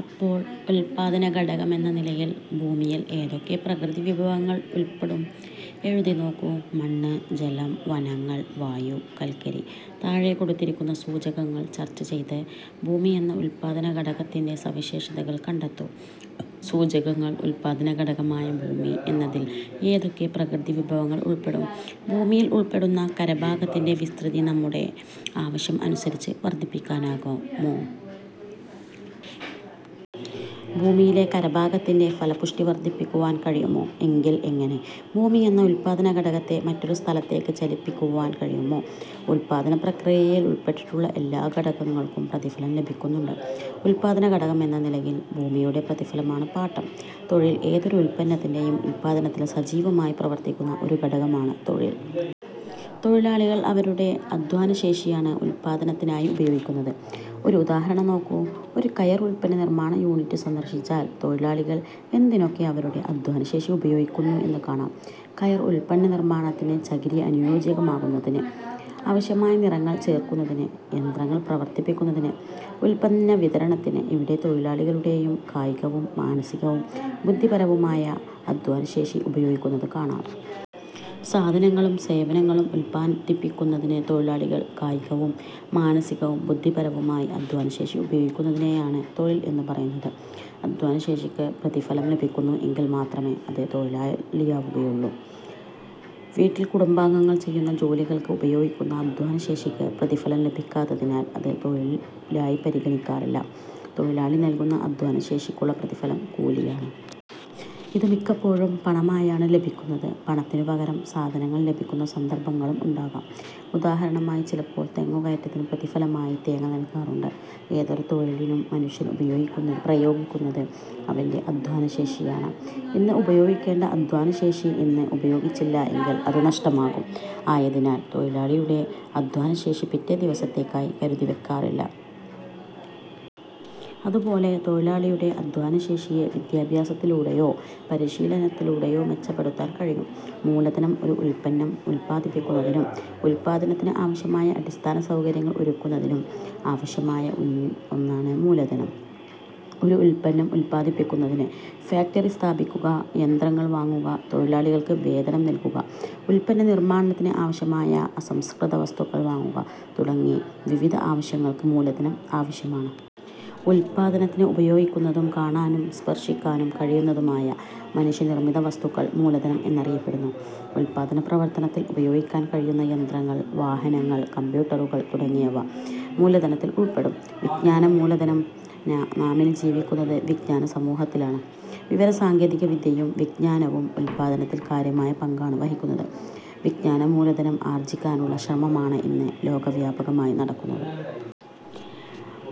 അപ്പോൾ ഉല്പാദനഘടകമെന്ന നിലയിൽ ഭൂമിയിൽ ഏതൊക്കെ പ്രകൃതിവിഭവങ്ങൾ ഉൾപ്പെടും? എഴുതിനോക്കൂ. മണ്ണ്, ജലം, വനങ്ങൾ, വായു, കൽക്കരി. താഴെ കൊടുത്തിരിക്കുന്ന സൂചകങ്ങൾ ചർച്ച ചെയ്ത് ഭൂമി എന്ന ഉല്പാദനഘടകത്തിന്റെ സവിശേഷതകൾ കണ്ടെത്തൂ. സൂചകങ്ങൾ ഉല്പാദന ഘടകമായ ഭൂമി എന്നതിൽ ഏതൊക്കെ പ്രകൃതിവിഭവങ്ങൾ ഉൾപ്പെടും? ഭൂമിയിൽ ഉൾപ്പെടുന്ന കരഭാഗത്തിന്റെ വിസ്തൃതി നമ്മുടെ ആവശ്യം അനുസരിച്ച് വർദ്ധിപ്പിക്കുവാനാകുമോ? ഭൂമിയിലെ കരഭാഗത്തിന്റെ ഫലപുഷ്ടി വർദ്ധിപ്പിക്കുവാൻ കഴിയുമോ? എങ്കിൽ എങ്ങനെ? ഭൂമി എന്ന ഉല്പാദനഘടകത്തെ മറ്റൊരു സ്ഥലത്തേക്ക് ചലിപ്പി ക്കുവാൻ കഴിയുമോ? ഉല്പാദനപ്രക്രിയയിൽ ഉൾപ്പെട്ടിട്ടുള്ള എല്ലാ ഘടകങ്ങൾക്കും പ്രതിഫലം ലഭിക്കുന്നുണ്ട്. ഉല്പാദനഘടകം എന്ന നിലയിൽ ഭൂമിയുടെ പ്രതിഫലമാണ് പാട്ടം. തൊഴിൽ ഏതൊരു ഉല്പന്നത്തിന്റെയും ഉല്പാദനത്തിൽ സജീവമായി പ്രവർത്തിക്കുന്ന ഒരു ഘടകമാണ് തൊഴിൽ. തൊഴിലാളികൾ അവരുടെ അദ്ധ്വാനശേഷിയാണ് ഉല്പാദനത്തിനായി ഉപയോഗിക്കുന്നത്. ഒരു ഉദാഹരണം നോക്കൂ. ഒരു കയർ ഉല്പന്ന നിർമ്മാണ യൂണിറ്റ് സന്ദർശിച്ചാൽ തൊഴിലാളികൾ എന്തിനൊക്കെ അവരുടെ അദ്ധ്വാന ശേഷി ഉപയോഗിക്കുന്നു എന്ന് കാണാം കയർ ഉല്പന്നനിർമ്മാണത്തിന് ചകിരി അനുയോജ്യമാക്കുന്നതിന്. ആവശ്യമായ നിറങ്ങൾ ചേർക്കുന്നതിന്. യന്ത്രങ്ങൾ പ്രവർത്തിപ്പിക്കുന്നതിന് ഉല്പന്നവിതരണത്തിന്. ഇവിടെ തൊഴിലാളികളുടെ കായികവും മാനസികവും ബുദ്ധിപരവുമായ അദ്ധ്വാനശേഷി ഉപയോഗിക്കുന്നത് കാണാം. സാധനങ്ങളും സേവനങ്ങളും ഉല്പാദിപ്പിക്കുന്നതിന് തൊഴിലാളികൾ കായികവും മാനസികവും ബുദ്ധിപരവുമായി അധ്വാനശേഷി ഉപയോഗിക്കുന്നതിനെയാണ് തൊഴിൽ എന്നു പറയുന്നത്. അധ്വാനശേഷിക്ക് പ്രതിഫലം ലഭിക്കുന്നു എങ്കിൽ മാത്രമേ അത് തൊഴിലാകുകയുള്ളൂ. വീട്ടിൽ കുടുംബാംഗങ്ങൾ ചെയ്യുന്ന ജോലികൾക്ക് ഉപയോഗിക്കുന്ന അധ്വാന ശേഷിക്ക് പ്രതിഫലം ലഭിക്കാത്തതിനാൽ അത് തൊഴിലായി പരിഗണിക്കാറില്ല. തൊഴിലാളി നൽകുന്ന അദ്ധ്വാനശേഷിക്കുള്ള പ്രതിഫലം കൂലിയാണ്. ഇത് മിക്കപ്പോഴും പണമായാണ് ലഭിക്കുന്നത്. പണത്തിനു പകരം സാധനങ്ങൾ ലഭിക്കുന്ന സന്ദർഭങ്ങളും ഉണ്ടാകാം. ഉദാഹരണമായി ചിലപ്പോൾ തെങ്ങുകയറ്റത്തിന് പ്രതിഫലമായി തേങ്ങ നൽകാറുണ്ട്. ഏതൊരു തൊഴിലിനും മനുഷ്യൻ പ്രയോഗിക്കുന്നത് അവന്റെ അദ്ധ്വാനശേഷിയാണ്. ഇന്ന് ഉപയോഗിക്കേണ്ട അദ്ധ്വാനശേഷി ഇന്ന് ഉപയോഗിച്ചില്ല എങ്കിൽ അത് നഷ്ടമാകും. ആയതിനാൽ തൊഴിലാളി യുടെ അദ്ധ്വാനശേഷി പിറ്റേ ദിവസത്തേക്കായി കരുതി വയ്ക്കാനാവില്ല. അതുപോലെ തൊഴിലാളിയുടെ അധ്വാനശേഷിയെ വിദ്യാഭ്യാസത്തിലൂടെയോ പരിശീലനത്തിലൂടെയോ മെച്ചപ്പെടുത്താൻ കഴിയും. മൂലധനം ഒരു ഉല്പന്നം ഉല്പാദിപ്പിക്കുന്നതിനും ഉല്പാദനത്തിന് ആവശ്യമായ അടിസ്ഥാനസൗകര്യങ്ങൾ ഒരുക്കുന്നതിനും ആവശ്യമായ ഒന്നാണ് മൂലധനം. ഒരു ഉല്പന്നം ഉല്പാദിപ്പിക്കുന്നതിന് ഫാക്ടറി സ്ഥാപിക്കുക, യന്ത്രങ്ങൾ വാങ്ങുക, തൊഴിലാളികൾക്ക് വേതനം നൽകുക, ഉല്പന്ന നിർമ്മാണത്തിന് ആവശ്യമായ അസംസ്കൃതവസ്തുക്കൾ വാങ്ങുക തുടങ്ങി വിവിധ ആവശ്യങ്ങൾക്ക് മൂലധനം ആവശ്യമാണ്. ഉല്പാദനത്തിന് ഉപയോഗിക്കുന്നതും കാണാനും സ്പർശിക്കാനും കഴിയുന്നതുമായ മനുഷ്യനിർമ്മിത വസ്തുക്കൾ മൂലധനം എന്നറിയപ്പെടുന്നു. ഉല്പാദന പ്രവർത്തനത്തിൽ ഉപയോഗിക്കാൻ കഴിയുന്ന യന്ത്രങ്ങൾ, വാഹനങ്ങൾ, കമ്പ്യൂട്ടറുകൾ തുടങ്ങിയവ മൂലധനത്തിൽ ഉൾപ്പെടും. വിജ്ഞാനമൂലധനം നാമിന്ന് ജീവിക്കുന്നത് വിജ്ഞാ നസമൂഹത്തിലാണ്. വിവരസാങ്കേതിക വിദ്യയും വിജ്ഞാനവും ഉല്പാദനത്തിൽ കാര്യമായ പങ്കാണ് വഹിക്കുന്നത്. വിജ്ഞാനമൂലധനം ആർജ്ജിക്കാനുള്ള ശ്രമമാണ് ഇന്ന് ലോകവ്യാപകമായി നടക്കുന്നത്.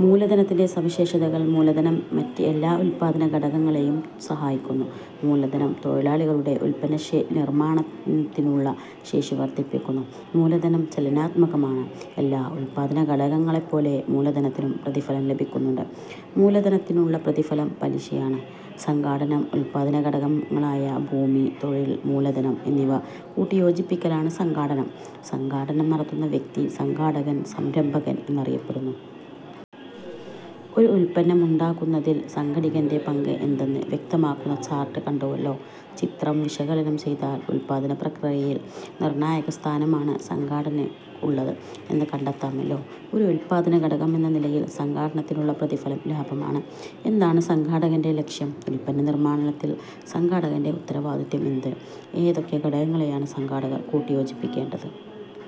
മൂലധനത്തിന്റെ സവിശേഷതകൾ മൂലധനം മറ്റ് എല്ലാ ഉല്പാദനഘടകങ്ങളേയും സഹായിക്കുന്നു. മൂലധനം തൊഴിലാളികളുടെ ഉല്പന്ന നിർമ്മാണത്തിനുള്ള ശേഷി വർദ്ധിപ്പിക്കുന്നു. മൂലധനം ചലനാത്മകമാണ്. എല്ലാ ഉല്പാദനഘടകങ്ങളെപ്പോലെ മൂലധനത്തിനും പ്രതിഫലം ലഭിക്കുന്നുണ്ട്. മൂലധനത്തിനുള്ള പ്രതിഫലം പലിശയാണ്. സംഘാടനം ഉല്പാദന ഘടകങ്ങളായ ഭൂമി, തൊഴിൽ, മൂലധനം എന്നിവ കൂട്ടിയോജിപ്പിക്കലാണ് സംഘാടനം. സംഘാടനം നടത്തുന്ന വ്യക്തി സംഘാടകൻ/സംരംഭകൻ എന്നറിയപ്പെടുന്നു. ഒരു ഉല്പന്നം ഉണ്ടാക്കുന്നതിൽ സംഘാടകന്റെ പങ്ക് എന്തെന്ന് വ്യക്തമാക്കുന്ന ചാർട്ട് കണ്ടുവല്ലോ. ചിത്രം വിശകലനം ചെയ്താൽ ഉല്പാദനപ്രക്രിയയിൽ നിർണ്ണായകസ്ഥാനമാണ് സംഘാടകന് ഉള്ളത് എന്ന് കണ്ടെത്താമല്ലോ. ഒരു ഉല്പാദനഘടകമെന്ന നിലയിൽ സംഘാടനത്തിനുള്ള പ്രതിഫലം ലാഭമാണ്. എന്താണ് സംഘാടകന്റെ ലക്ഷ്യം? ഉല്പന്ന നിർമ്മാണത്തിൽ സംഘാടകന്റെ ഉത്തരവാദിത്വം എന്ത്? ഏതൊക്കെ ഘടകങ്ങളെയാണ് സംഘാടകൻ കൂട്ടിയോജിപ്പിക്കേണ്ടത്?